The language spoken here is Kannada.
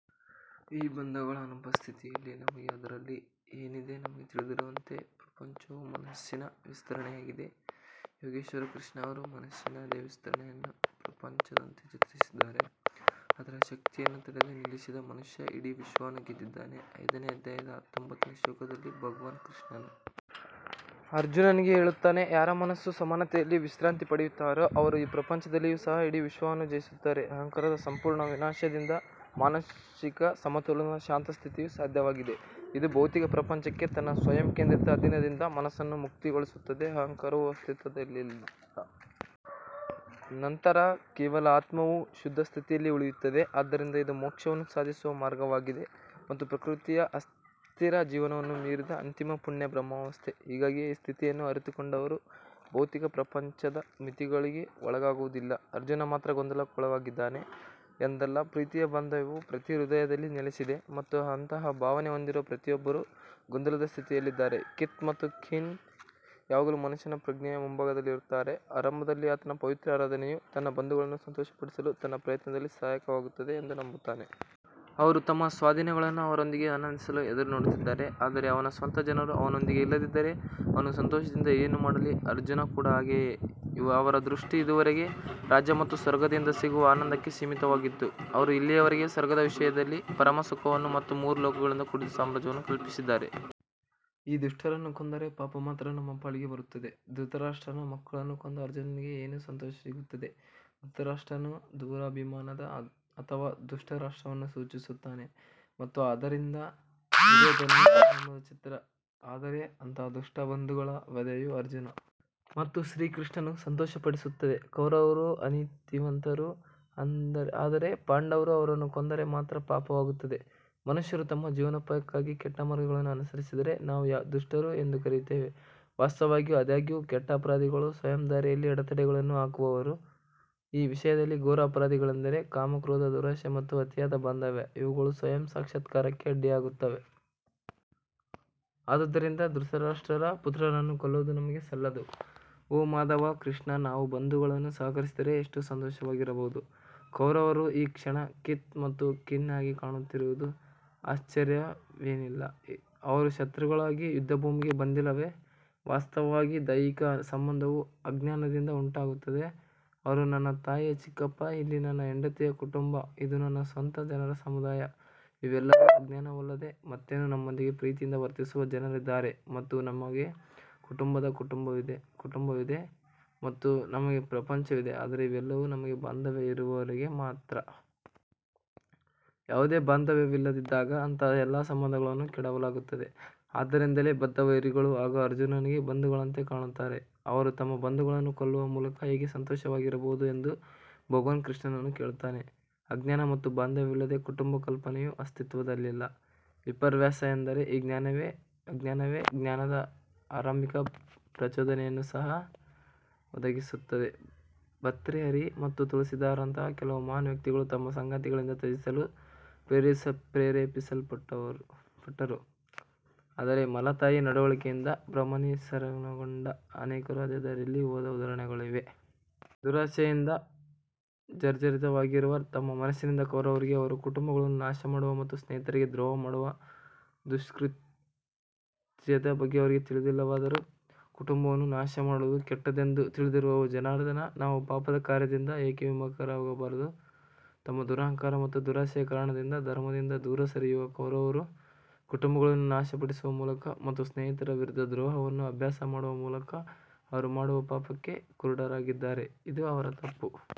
ಈ ಬಂಧಗಳ ಅನುಪಸ್ಥಿತಿಯಲ್ಲಿ ನಮಗೆ ಅದರಲ್ಲಿ ಏನಿದೆ ನಮಗೆ ತಿಳಿದಿರುವಂತೆ ಪ್ರಪಂಚವು ಮನಸ್ಸಿನ ವಿಸ್ತರಣೆಯಾಗಿದೆ ಯೋಗೇಶ್ವರ್ ಕೃಷ್ಣ ಅವರು ಮನಸ್ಸಿನ ಅದೇ ವಿಸ್ತರಣೆಯನ್ನು ಪ್ರಪಂಚದಂತೆ ಚಿತ್ರಿಸಿದ್ದಾರೆ ಅದರ ಶಕ್ತಿಯನ್ನು ತಡೆದು ನಿಲ್ಲಿಸಿದ ಮನುಷ್ಯ ಇಡೀ ವಿಶ್ವವನ್ನು ಗೆದ್ದಿದ್ದಾನೆ ಐದನೇ ಅಧ್ಯಾಯದ ಹತ್ತೊಂಬತ್ತನೇ ಶ್ಲೋಕದಲ್ಲಿ ಭಗವಾನ್ ಕೃಷ್ಣನು ಅರ್ಜುನನಿಗೆ ಹೇಳುತ್ತಾನೆ, ಯಾರ ಮನಸ್ಸು ಸಮಾನತೆಯಲ್ಲಿ ವಿಶ್ರಾಂತಿ ಪಡೆಯುತ್ತಾರೋ ಅವರು ಈ ಪ್ರಪಂಚದಲ್ಲಿಯೂ ಸಹ ಇಡೀ ವಿಶ್ವವನ್ನು ಜಯಿಸುತ್ತಾರೆ ಅಹಂಕಾರದ ಸಂಪೂರ್ಣ ವಿನಾಶದಿಂದ ಮಾನಸಿಕ ಸಮತೋಲನದ ಶಾಂತ ಸ್ಥಿತಿಯು ಸಾಧ್ಯವಾಗಿದೆ ಇದು ಭೌತಿಕ ಪ್ರಪಂಚಕ್ಕೆ ತನ್ನ ಸ್ವಯಂ ಕೇಂದ್ರಿತ ಅಧೀನದಿಂದ ಮನಸ್ಸನ್ನು ಮುಕ್ತಗೊಳಿಸುತ್ತದೆ ಅಹಂಕಾರವು ಅಸ್ತಿತ್ವದಲ್ಲಿಲ್ಲದ ನಂತರ ಕೇವಲ ಆತ್ಮವು ಶುದ್ಧ ಸ್ಥಿತಿಯಲ್ಲಿ ಉಳಿಯುತ್ತದೆ ಆದ್ದರಿಂದ ಇದು ಮೋಕ್ಷವನ್ನು ಸಾಧಿಸುವ ಮಾರ್ಗವಾಗಿದೆ ಮತ್ತು ಪ್ರಕೃತಿಯ ಅಸ್ಥಿರ ಜೀವನವನ್ನು ಮೀರಿದ ಅಂತಿಮ ಪುಣ್ಯ ಬ್ರಹ್ಮಾವಸ್ಥೆ ಹೀಗಾಗಿಯೇ ಈ ಸ್ಥಿತಿಯನ್ನು ಅರಿತುಕೊಂಡವರು ಭೌತಿಕ ಪ್ರಪಂಚದ ಮಿತಿಗಳಿಗೆ ಒಳಗಾಗುವುದಿಲ್ಲ ಅರ್ಜುನ್ ಮಾತ್ರ ಗೊಂದಲಕ್ಕೊಳಗಾಗಿದ್ದಾನೆ ಎಂದಲ್ಲ ಪ್ರೀತಿಯ ಬಾಂಧವ್ಯವು ಪ್ರತಿ ಹೃದಯದಲ್ಲಿ ನೆಲೆಸಿದೆ ಮತ್ತು ಅಂತಹ ಭಾವನೆ ಹೊಂದಿರುವ ಪ್ರತಿಯೊಬ್ಬರೂ ಗೊಂದಲದ ಸ್ಥಿತಿಯಲ್ಲಿದ್ದಾರೆ ಕಿತ್ ಮತ್ತು ಕಿನ್ ಯಾವಾಗಲೂ ಮನುಷ್ಯನ ಪ್ರಜ್ಞೆಯ ಮುಂಭಾಗದಲ್ಲಿರುತ್ತಾರೆ ಆರಂಭದಲ್ಲಿ ಆತನ ಪವಿತ್ರ ಆರಾಧನೆಯು ತನ್ನ ಬಂಧುಗಳನ್ನು ಸಂತೋಷಪಡಿಸಲು ತನ್ನ ಪ್ರಯತ್ನದಲ್ಲಿ ಸಹಾಯಕವಾಗುತ್ತದೆ ಎಂದು ನಂಬುತ್ತಾನೆ. ಅವರು ತಮ್ಮ ಸ್ವಾಧೀನಗಳನ್ನು ಅವರೊಂದಿಗೆ ಆನಂದಿಸಲು ಎದುರು ನೋಡುತ್ತಿದ್ದಾರೆ ಆದರೆ ಅವನ ಸ್ವಂತ ಜನರು ಅವನೊಂದಿಗೆ ಇಲ್ಲದಿದ್ದರೆ ಅವನು ಸಂತೋಷದಿಂದ ಏನು ಮಾಡಲಿ ಅರ್ಜುನ್ ಕೂಡ ಹಾಗೆಯೇ ಅವರ ದೃಷ್ಟಿ ಇದುವರೆಗೆ ರಾಜ್ಯ ಮತ್ತು ಸ್ವರ್ಗದಿಂದ ಸಿಗುವ ಆನಂದಕ್ಕೆ ಸೀಮಿತವಾಗಿತ್ತು ಅವರು ಇಲ್ಲಿಯವರೆಗೆ ಸ್ವರ್ಗದ ವಿಷಯದಲ್ಲಿ ಪರಮ ಸುಖವನ್ನು ಮತ್ತು ಮೂರು ಲೋಕಗಳಿಂದ ಕೂಡಿದ ಸಾಮ್ರಾಜ್ಯವನ್ನು ಕಲ್ಪಿಸಿದ್ದಾರೆ. ಈ ದುಷ್ಟರನ್ನೂ ಕೊಂದರೆ ಪಾಪ ಮಾತ್ರ ನಮ್ಮ ಪಾಲಿಗೆ ಬರುತ್ತದೆ ಧೃತರಾಷ್ಟ್ರನ ಮಕ್ಕಳನ್ನು ಕೊಂದ ಅರ್ಜುನನಿಗೆ ಏನು ಸಂತೋಷ ಸಿಗುತ್ತದೆ ಧೃತರಾಷ್ಟ್ರನು ದುರಭಿಮಾನದ ಅಥವಾ ದುಷ್ಟ ರಾಷ್ಟ್ರವನ್ನು ಸೂಚಿಸುತ್ತಾನೆ ಮತ್ತು ಅದರಿಂದ ಹುಟ್ಟಿದ ದುರ್ಯೋಧನನು ವ್ಯಾಮೋಹದ ಚಿತ್ರ ಆದರೆ ಅಂತಹ ದುಷ್ಟ ಬಂಧುಗಳ ವಧೆಯು ಅರ್ಜುನ್ ಮತ್ತು ಶ್ರೀಕೃಷ್ಣನನ್ನು ಸಂತೋಷಪಡಿಸುತ್ತದೆ ಕೌರವರು ಅನೀತಿವಂತರು ಆದರೆ ಪಾಂಡವರು ಅವರನ್ನು ಕೊಂದರೆ ಮಾತ್ರ ಪಾಪವಾಗುತ್ತದೆ ಮನುಷ್ಯರು ತಮ್ಮ ಜೀವನೋಪಾಯಕ್ಕಾಗಿ ಕೆಟ್ಟ ಮಾರ್ಗಗಳನ್ನು ಅನುಸರಿಸಿದರೆ ನಾವು ದುಷ್ಟರು ಎಂದು ಕರೆಯುತ್ತೇವೆ ವಾಸ್ತವವಾಗಿ ಆದಾಗ್ಯೂ ಕೆಟ್ಟ ಅಪರಾಧಿಗಳು ಸ್ವಯಂ ದಾರಿಯಲ್ಲಿ ಅಡೆತಡೆಗಳನ್ನು ಹಾಕುವವರು ಈ ವಿಷಯದಲ್ಲಿ ಘೋರ ಅಪರಾಧಿಗಳೆಂದರೆ ಕಾಮ ಕ್ರೋಧ ದುರಾಶೆ ಮತ್ತು ಅತಿಯಾದ ಬಾಂಧವ್ಯ ಇವುಗಳು ಸ್ವಯಂ ಸಾಕ್ಷಾತ್ಕಾರಕ್ಕೆ ಅಡ್ಡಿಯಾಗುತ್ತವೆ. ಆದುದರಿಂದ ಧೃತರಾಷ್ಟ್ರರ ಪುತ್ರರನ್ನು ಕೊಲ್ಲುವುದು ನಮಗೆ ಸಲ್ಲದು, ಓ ಮಾಧವ ಕೃಷ್ಣ, ನಾವು ನಮ್ಮ ಬಂಧುಗಳನ್ನು ಸಂಹರಿಸಿದರೆ ಎಷ್ಟು ಸಂತೋಷವಾಗಿರಬಹುದು. ಕೌರವರು ಈ ಕ್ಷಣದಲ್ಲಿ ಕಿತ್ ಮತ್ತು ಕಿನ್ ಆಗಿ ಕಾಣುತ್ತಿರುವುದು ಆಶ್ಚರ್ಯವೇನಿಲ್ಲ ಅವರು ಶತ್ರುಗಳಾಗಿ ಯುದ್ಧಭೂಮಿಗೆ ಬಂದಿಲ್ಲವೇ? ವಾಸ್ತವವಾಗಿ ದೈಹಿಕ ಸಂಬಂಧವು ಅಜ್ಞಾನದಿಂದ ಉಂಟಾಗುತ್ತದೆ ಅವರು ನನ್ನ ತಾಯಿಯ ಚಿಕ್ಕಪ್ಪ ಇಲ್ಲಿ ನನ್ನ ಹೆಂಡತಿಯ ಕುಟುಂಬ ಇದು ನನ್ನ ಸ್ವಂತ ಜನರ ಸಮುದಾಯ ಇವೆಲ್ಲವೂ ಅಜ್ಞಾನವಲ್ಲದೆ ಮತ್ತೇನು ನಮ್ಮೊಂದಿಗೆ ಪ್ರೀತಿಯಿಂದ ವರ್ತಿಸುವ ಜನರಿದ್ದಾರೆ ಮತ್ತು ನಮಗೆ ನಮ್ಮ ಕುಟುಂಬವಿದೆ ಮತ್ತು ನಮಗೆ ನಮ್ಮ ಪ್ರಪಂಚವಿದೆ ಆದರೆ ಇವೆಲ್ಲವೂ ನಮಗೆ ಬಾಂಧವ್ಯ ಇರುವವರೆಗೆ ಮಾತ್ರ. ಯಾವುದೇ ಬಾಂಧವ್ಯವಿಲ್ಲದಿದ್ದಾಗ ಅಂತಹ ಎಲ್ಲಾ ಸಂಬಂಧಗಳನ್ನು ಕೆಡವಲಾಗುತ್ತದೆ ಆದ್ದರಿಂದಲೇ ಬದ್ಧ ವೈರಿಗಳೂ ಈಗ ಅರ್ಜುನನಿಗೆ ಬಂಧುಗಳಂತೆ ಕಾಣುತ್ತಾರೆ ಅವರು ತಮ್ಮ ಬಂಧುಗಳನ್ನು ಕೊಲ್ಲುವ ಮೂಲಕ ಹೇಗೆ ಸಂತೋಷವಾಗಿರಬಹುದು ಎಂದು ಭಗವಾನ್ ಕೃಷ್ಣನನ್ನು ಕೇಳುತ್ತಾನೆ ಅಜ್ಞಾನ ಮತ್ತು ಬಾಂಧವ್ಯವಿಲ್ಲದೆ ಕುಟುಂಬದ ಕಲ್ಪನೆಯು ಅಸ್ತಿತ್ವದಲ್ಲಿಲ್ಲ ವಿಪರ್ಯಾಸವೆಂದರೆ ಈ ಅಜ್ಞಾನವೇ ಜ್ಞಾನದ ಆರಂಭಿಕ ಪ್ರಚೋದನೆಯನ್ನು ಸಹ ಒದಗಿಸುತ್ತದೆ ಭರ್ತ್ರಿಹರಿ ಮತ್ತು ತುಳಸಿದಾಸರಂತಹ ಕೆಲವು ಮಹಾನ್ ವ್ಯಕ್ತಿಗಳು ತಮ್ಮ ಸಂಗಾತಿಗಳಿಂದ ತ್ಯಜಿಸಲು ಪ್ರೇರೇಪಿಸಲ್ಪಟ್ಟರು ಆದರೆ ಮಲತಾಯಿಯ ನಡವಳಿಕೆಯಿಂದ ಭ್ರಮನಿರಸನಗೊಂಡ ಅನೇಕರು ಅದೇ ದಾರಿಯಲ್ಲಿ ಹೋದ ಉದಾಹರಣೆಗಳಿವೆ. ದುರಾಸೆಯಿಂದ ಜರ್ಜರಿತವಾಗಿರುವ ತಮ್ಮ ಮನಸ್ಸಿನಿಂದ ಕೌರವರಿಗೆ ಅವರು ಕುಟುಂಬಗಳನ್ನು ನಾಶಮಾಡುವ ಮತ್ತು ಸ್ನೇಹಿತರಿಗೆ ದ್ರೋಹ ಮಾಡುವ ದುಷ್ಕೃತ್ಯದ ಬಗ್ಗೆ ಅವರಿಗೆ ತಿಳಿದಿಲ್ಲವಾದರೂ, ಕುಟುಂಬವನ್ನು ನಾಶಮಾಡುವುದು ಕೆಟ್ಟದ್ದೆಂದು ತಿಳಿದಿರುವ ಓ ಜನಾರ್ದನ ನಾವು ಪಾಪದ ಕಾರ್ಯದಿಂದ ಏಕೆ ವಿಮುಖರಾಗಬಾರದು ತಮ್ಮ ದುರಹಂಕಾರ ಮತ್ತು ದುರಾಸೆಯ ಕಾರಣದಿಂದ ಧರ್ಮದಿಂದ ದೂರ ಸರಿಯುವ ಕೌರವರು ಕುಟುಂಬಗಳನ್ನು ನಾಶಪಡಿಸುವ ಮೂಲಕ ಮತ್ತು ಸ್ನೇಹಿತರ ವಿರುದ್ಧ ದ್ರೋಹವನ್ನು ಅಭ್ಯಾಸ ಮಾಡುವ ಮೂಲಕ ಅವರು ಮಾಡುವ ಪಾಪಕ್ಕೆ ಕುರುಡರಾಗಿದ್ದಾರೆ. ಇದು ಅವರ ತಪ್ಪು.